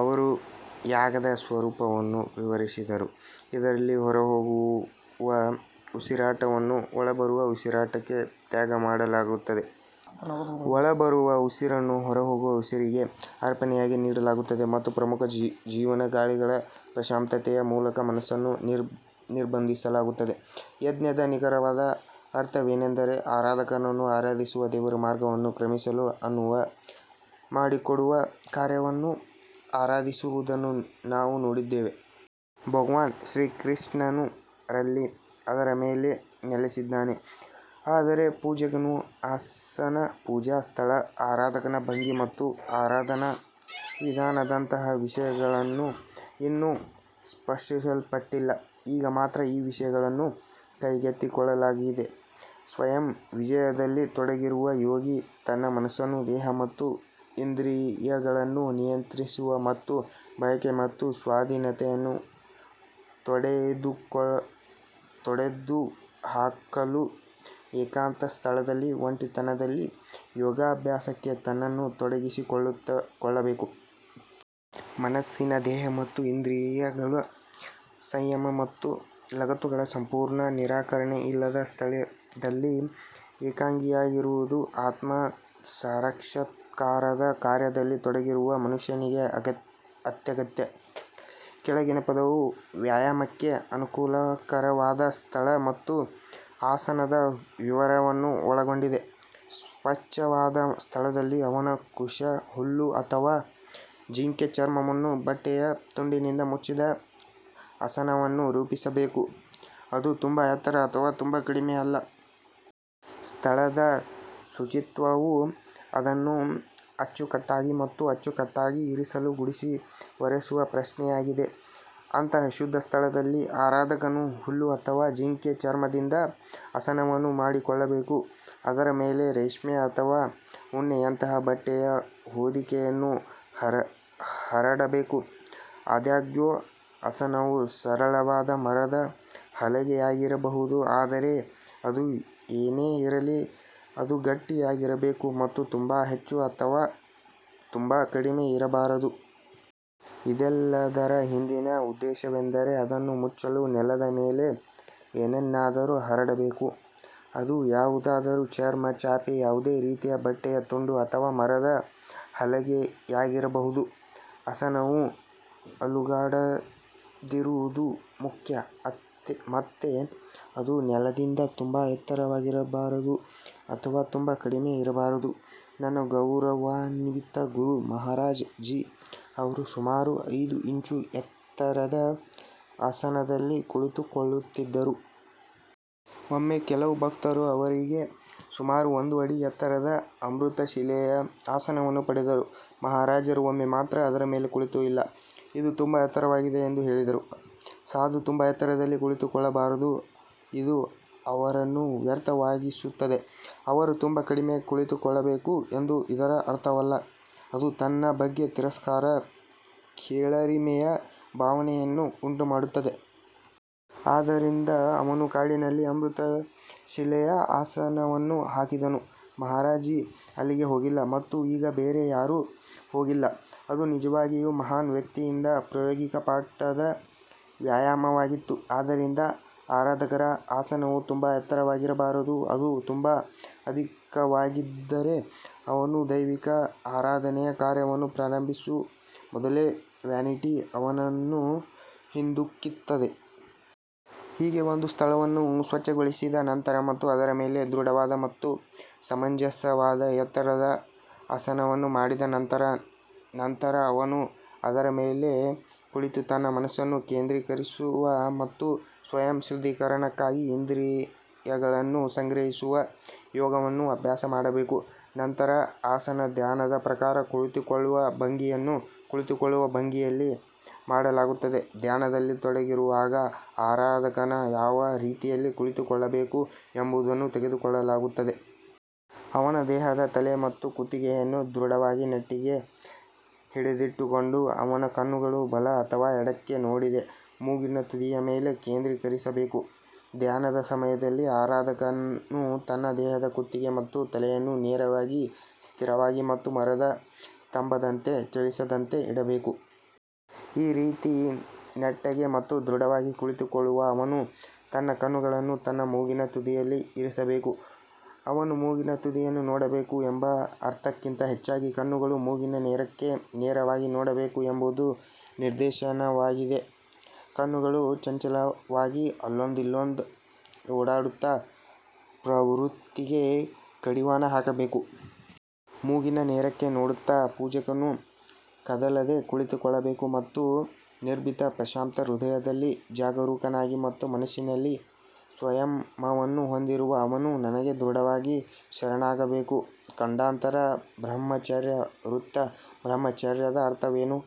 ಅವರು ಯಾಗದ ಸ್ವರೂಪವನ್ನು ವಿವರಿಸಿದರು ಇದರಲ್ಲಿ ಹೊರಹೋಗುವ ಉಸಿರಾಟವನ್ನು ಒಳಬರುವ ಉಸಿರಾಟಕ್ಕೆ ತ್ಯಾಗಮಾಡಲಾಗುತ್ತದೆ ಮತ್ತು ಒಳಬರುವ ಉಸಿರನ್ನು ಹೊರಹೋಗುವ ಉಸಿರಿಗೆ ಅರ್ಪಣೆಯಾಗಿ ನೀಡಲಾಗುತ್ತದೆ ಮತ್ತು ಪ್ರಮುಖ ಜೀವನ ಗಾಳಿಗಳ ಪ್ರಶಾಂತತೆಯ ಮೂಲಕ ಮನಸ್ಸನ್ನು ನಿರ್ಬಂಧಿಸಲಾಗುತ್ತದೆ. ಯಜ್ಞದ ನಿಖರವಾದ ಅರ್ಥವೇನೆಂದರೆ ಆರಾಧಕನನ್ನು ಆರಾಧಿಸುವ ದೇವರ ಮಾರ್ಗವನ್ನು ಕ್ರಮಿಸಲು ಅನುವು ಮಾಡಿಕೊಡುವ ಕಾರ್ಯವನ್ನು ಆರಾಧಿಸುವುದನ್ನು ನಾವು ನೋಡಿದ್ದೇವೆ. ಭಗವಾನ್ ಶ್ರೀಕೃಷ್ಣನು ರಲ್ಲಿ ಅದರ ಮೇಲೆ ನೆಲೆಸಿದ್ದಾನೆ ಆದರೆ ಪೂಜಕನ ಆಸನ ಪೂಜಾ ಸ್ಥಳ ಆರಾಧಕನ ಭಂಗಿ ಮತ್ತು ಆರಾಧನಾ ವಿಧಾನದಂತಹ ವಿಷಯಗಳು ಇನ್ನೂ ಸ್ಪರ್ಶಿಸಲ್ಪಟ್ಟಿಲ್ಲ. ಈಗ ಮಾತ್ರ ಈ ವಿಷಯಗಳನ್ನು ಕೈಗೆತ್ತಿಕೊಳ್ಳಲಾಗಿದೆ. ಸ್ವಯಂ ವಿಜಯದಲ್ಲಿ ತೊಡಗಿರುವ ಯೋಗಿ ತನ್ನ ಮನಸ್ಸನ್ನು ದೇಹ ಮತ್ತು ಇಂದ್ರಿಯಗಳನ್ನು ನಿಯಂತ್ರಿಸುವ ಮತ್ತು ಬಯಕೆ ಮತ್ತು ಸ್ವಾಧೀನತೆಯನ್ನು ತೊಡೆದುಹಾಕಲು ಏಕಾಂತ ಸ್ಥಳದಲ್ಲಿ ಒಂಟಿತನದಲ್ಲಿ ಯೋಗಾಭ್ಯಾಸಕ್ಕೆ ತನ್ನನ್ನು ತೊಡಗಿಸಿಕೊಳ್ಳಬೇಕು. ಮನಸ್ಸಿನ ದೇಹ ಮತ್ತು ಇಂದ್ರಿಯಗಳ ಸಂಯಮ ಮತ್ತು ಲಗತ್ತುಗಳ ಸಂಪೂರ್ಣ ನಿರಾಕರಣೆ ಇಲ್ಲದ ಸ್ಥಳದಲ್ಲಿ ಏಕಾಂಗಿಯಾಗಿರುವುದು ಆತ್ಮಸಾಕ್ಷಾತ್ಕಾರದ ಕಾರ್ಯದಲ್ಲಿ ತೊಡಗಿರುವ ಮನುಷ್ಯನಿಗೆ ಅತ್ಯಗತ್ಯ. ಕೆಳಗಿನ ಪದ್ಯವು ವ್ಯಾಯಾಮಕ್ಕೆ ಅನುಕೂಲಕರವಾದ ಸ್ಥಳ ಮತ್ತು ಆಸನದ ವಿವರವನ್ನು ಒಳಗೊಂಡಿದೆ. ಸ್ವಚ್ಛವಾದ ಸ್ಥಳದಲ್ಲಿ ಅವನು ಕುಶ್ ಹುಲ್ಲು ಅಥವಾ ಜಿಂಕೆ ಚರ್ಮವನ್ನು ಬಟ್ಟೆಯ ತುಂಡಿನಿಂದ ಮುಚ್ಚಿದ ಆಸನವನ್ನು ರೂಪಿಸಬೇಕು ಅದು ತುಂಬಾ ಎತ್ತರ ಅಥವಾ ತುಂಬಾ ಕಡಿಮೆ ಅಲ್ಲ. ಸ್ಥಳದ ಶುಚಿತ್ವವು ಅದನ್ನು ಅಚ್ಚುಕಟ್ಟಾಗಿ ಮತ್ತು ಅಚ್ಚುಕಟ್ಟಾಗಿ ಇರಿಸಲು ಗುಡಿಸಿ ಒರೆಸುವ ಪ್ರಶ್ನೆಯಾಗಿದೆ. ಅಂತಹ ಶುದ್ಧ ಸ್ಥಳದಲ್ಲಿ ಆರಾಧಕನು ಹುಲ್ಲು ಅಥವಾ ಜಿಂಕೆ ಚರ್ಮದಿಂದ ಆಸನವನ್ನು ಮಾಡಿಕೊಳ್ಳಬೇಕು ಅದರ ಮೇಲೆ ರೇಷ್ಮೆ ಅಥವಾ ಉಣ್ಣೆಯಂತಹ ಬಟ್ಟೆಯ ಹೊದಿಕೆಯನ್ನು ಹರಡಬೇಕು. ಆದಾಗ್ಯೂ ಆಸನವು ಸರಳವಾದ ಮರದ ಹಲಗೆಯಾಗಿರಬಹುದು ಆದರೆ ಅದು ಏನೇ ಇರಲಿ ಅದು ಗಟ್ಟಿಯಾಗಿರಬೇಕು ಮತ್ತು ತುಂಬಾ ಹೆಚ್ಚು ಅಥವಾ ತುಂಬಾ ಕಡಿಮೆ ಇರಬಾರದು. ಇದೆಲ್ಲದರ ಹಿಂದಿನ ಉದ್ದೇಶವೆಂದರೆ ಅದನ್ನು ಮುಚ್ಚಲು ನೆಲದ ಮೇಲೆ ಏನನ್ನಾದರೂ ಹರಡಬೇಕು ಅದು ಯಾವುದಾದರೂ ಚರ್ಮ ಚಾಪೆ ಯಾವುದೇ ರೀತಿಯ ಬಟ್ಟೆಯ ತುಂಡು ಅಥವಾ ಮರದ ಹಲಗೆಯಾಗಿರಬಹುದು. ಆಸನವು ಅಲುಗಾಡದಿರುವುದು ಮುಖ್ಯ ಮತ್ತೆ ಅದು ನೆಲದಿಂದ ತುಂಬಾ ಎತ್ತರವಾಗಿರಬಾರದು ಅಥವಾ ತುಂಬಾ ಕಡಿಮೆ ಇರಬಾರದು. ನನ್ನ ಗೌರವಾನ್ವಿತ ಗುರು ಮಹಾರಾಜ್ ಜಿ ಅವರು ಸುಮಾರು ಐದು ಇಂಚು ಎತ್ತರದ ಆಸನದಲ್ಲಿ ಕುಳಿತುಕೊಳ್ಳುತ್ತಿದ್ದರು. ಒಮ್ಮೆ ಕೆಲವು ಭಕ್ತರು ಅವರಿಗೆ ಸುಮಾರು ಒಂದು ಅಡಿ ಎತ್ತರದ ಅಮೃತಶಿಲೆಯ ಆಸನವನ್ನು ಪಡೆದರು. ಮಹಾರಾಜರು ಒಮ್ಮೆ ಮಾತ್ರ ಅದರ ಮೇಲೆ ಕುಳಿತು ಇಲ್ಲ ಇದು ತುಂಬಾ ಎತ್ತರವಾಗಿದೆ ಎಂದು ಹೇಳಿದರು. ಸಾಧು ತುಂಬಾ ಎತ್ತರದಲ್ಲಿ ಕುಳಿತುಕೊಳ್ಳಬಾರದು ಇದು ಅವರನ್ನು ವ್ಯರ್ಥವಾಗಿಸುತ್ತದೆ. ಅವರು ತುಂಬಾ ಕಡಿಮೆ ಕುಳಿತುಕೊಳ್ಳಬೇಕು ಎಂದು ಇದರ ಅರ್ಥವಲ್ಲ ಅದು ತನ್ನ ಬಗ್ಗೆ ತಿರಸ್ಕಾರದ ಕೀಳರಿಮೆಯ ಭಾವನೆಯನ್ನು ಉಂಟುಮಾಡುತ್ತದೆ. ಆದ್ದರಿಂದ ಅವನು ಕಾಡಿನಲ್ಲಿ ಅಮೃತಶಿಲೆಯ ಆಸನವನ್ನು ಹಾಕಿದನು. ಮಹಾರಾಜ್ ಜಿ ಅಲ್ಲಿಗೆ ಹೋಗಿಲ್ಲ ಮತ್ತು ಈಗ ಬೇರೆ ಯಾರೂ ಹೋಗಿಲ್ಲ. ಅದು ನಿಜವಾಗಿಯೂ ಮಹಾನ್ ವ್ಯಕ್ತಿಯಿಂದ ಪ್ರಾಯೋಗಿಕ ಪಾಠದ ವ್ಯಾಯಾಮವಾಗಿತ್ತು. ಆದ್ದರಿಂದ ಆರಾಧಕರ ಆಸನವು ತುಂಬಾ ಎತ್ತರವಾಗಿರಬಾರದು ಅದು ತುಂಬಾ ಅಧಿಕವಾಗಿದ್ದರೆ ಅವನು ದೈವಿಕ ಆರಾಧನೆಯ ಕಾರ್ಯವನ್ನು ಪ್ರಾರಂಭಿಸುವ ಮೊದಲೇ ವ್ಯಾನಿಟಿ ಅವನನ್ನು ಹಿಂದಿಕ್ಕುತ್ತದೆ. ಹೀಗೆ ಒಂದು ಸ್ಥಳವನ್ನು ಸ್ವಚ್ಛಗೊಳಿಸಿದ ನಂತರ ಮತ್ತು ಅದರ ಮೇಲೆ ದೃಢವಾದ ಮತ್ತು ಸಮಂಜಸವಾದ ಎತ್ತರದ ಆಸನವನ್ನು ಮಾಡಿದ ನಂತರ ನಂತರ ಅವನು ಅದರ ಮೇಲೆ ಕುಳಿತು ತನ್ನ ಮನಸ್ಸನ್ನು ಕೇಂದ್ರೀಕರಿಸುವ ಮತ್ತು ಸ್ವಯಂ ಶುದ್ಧೀಕರಣಕ್ಕಾಗಿ ಇಂದ್ರಿಯಗಳನ್ನು ನಿಗ್ರಹಿಸುವ ಯೋಗವನ್ನು ಅಭ್ಯಾಸ ಮಾಡಬೇಕು. ನಂತರ ಆಸನ ಧ್ಯಾನದ ಪ್ರಕಾರ ಕುಳಿತುಕೊಳ್ಳುವ ಭಂಗಿಯನ್ನು ಕುಳಿತುಕೊಳ್ಳುವ ಭಂಗಿಯಲ್ಲಿ ಮಾಡಲಾಗುತ್ತದೆ ಧ್ಯಾನದಲ್ಲಿ ತೊಡಗಿರುವಾಗ ಆರಾಧಕನು ಯಾವ ರೀತಿಯಲ್ಲಿ ಕುಳಿತುಕೊಳ್ಳಬೇಕು ಎಂಬುದನ್ನು ತೆಗೆದುಕೊಳ್ಳಲಾಗುತ್ತದೆ. ಅವನ ದೇಹದ ತಲೆ ಮತ್ತು ಕುತ್ತಿಗೆಯನ್ನು ದೃಢವಾಗಿ ನೆಟ್ಟಗೆ ಹಿಡಿದಿಟ್ಟುಕೊಂಡು ಅವನ ಕಣ್ಣುಗಳು ಬಲ ಅಥವಾ ಎಡಕ್ಕೆ ನೋಡದೆ ಮೂಗಿನ ತುದಿಯ ಮೇಲೆ ಕೇಂದ್ರೀಕರಿಸಬೇಕು. ಧ್ಯಾನದ ಸಮಯದಲ್ಲಿ ಆರಾಧಕನು ತನ್ನ ದೇಹದ ಕುತ್ತಿಗೆ ಮತ್ತು ತಲೆಯನ್ನು ನೇರವಾಗಿ ಸ್ಥಿರವಾಗಿ ಮತ್ತು ಮರದ ಸ್ತಂಭದಂತೆ ಚಲಿಸದಂತೆ ಇಡಬೇಕು. ಈ ರೀತಿ ನೆಟ್ಟಗೆ ಮತ್ತು ದೃಢವಾಗಿ ಕುಳಿತುಕೊಳ್ಳುವ ಅವನು ತನ್ನ ಕಣ್ಣುಗಳನ್ನು ತನ್ನ ಮೂಗಿನ ತುದಿಯಲ್ಲಿ ಇರಿಸಬೇಕು. ಅವನು ಮೂಗಿನ ತುದಿಯನ್ನು ನೋಡಬೇಕು ಎಂಬ ಅರ್ಥಕ್ಕಿಂತ ಹೆಚ್ಚಾಗಿ ಕಣ್ಣುಗಳು ಮೂಗಿನ ನೇರಕ್ಕೆ ನೇರವಾಗಿ ನೋಡಬೇಕು ಎಂಬುದು ನಿರ್ದೇಶನವಾಗಿದೆ. ಕಣ್ಣುಗಳು ಚಂಚಲವಾಗಿ ಅಲ್ಲೊಂದು ಇಲ್ಲೊಂದು ಓಡಾಡುವ ಪ್ರವೃತ್ತಿಗೆ ಕಡಿವಾಣ ಹಾಕಬೇಕು. ಮೂಗಿನ ನೇರಕ್ಕೆ ನೋಡುತ್ತಾ ಪೂಜಕನು ಕದಲದೆ ಕುಳಿತುಕೊಳ್ಳಬೇಕು ಮತ್ತು ನಿರ್ಭೀತ ಪ್ರಶಾಂತ ಹೃದಯದಲ್ಲಿ ಜಾಗರೂಕನಾಗಿ ಮತ್ತು ಮನಸ್ಸಿನಲ್ಲಿ ಸಂಯಮವನ್ನು ಹೊಂದಿರುವ ಅವನು ನನಗೆ ದೃಢವಾಗಿ ಶರಣಾಗಬೇಕು. ಖಂಡಾಂತರ ಬ್ರಹ್ಮಚರ್ಯ ವ್ರತ ಬ್ರಹ್ಮಚರ್ಯದ ಅರ್ಥವೇನು?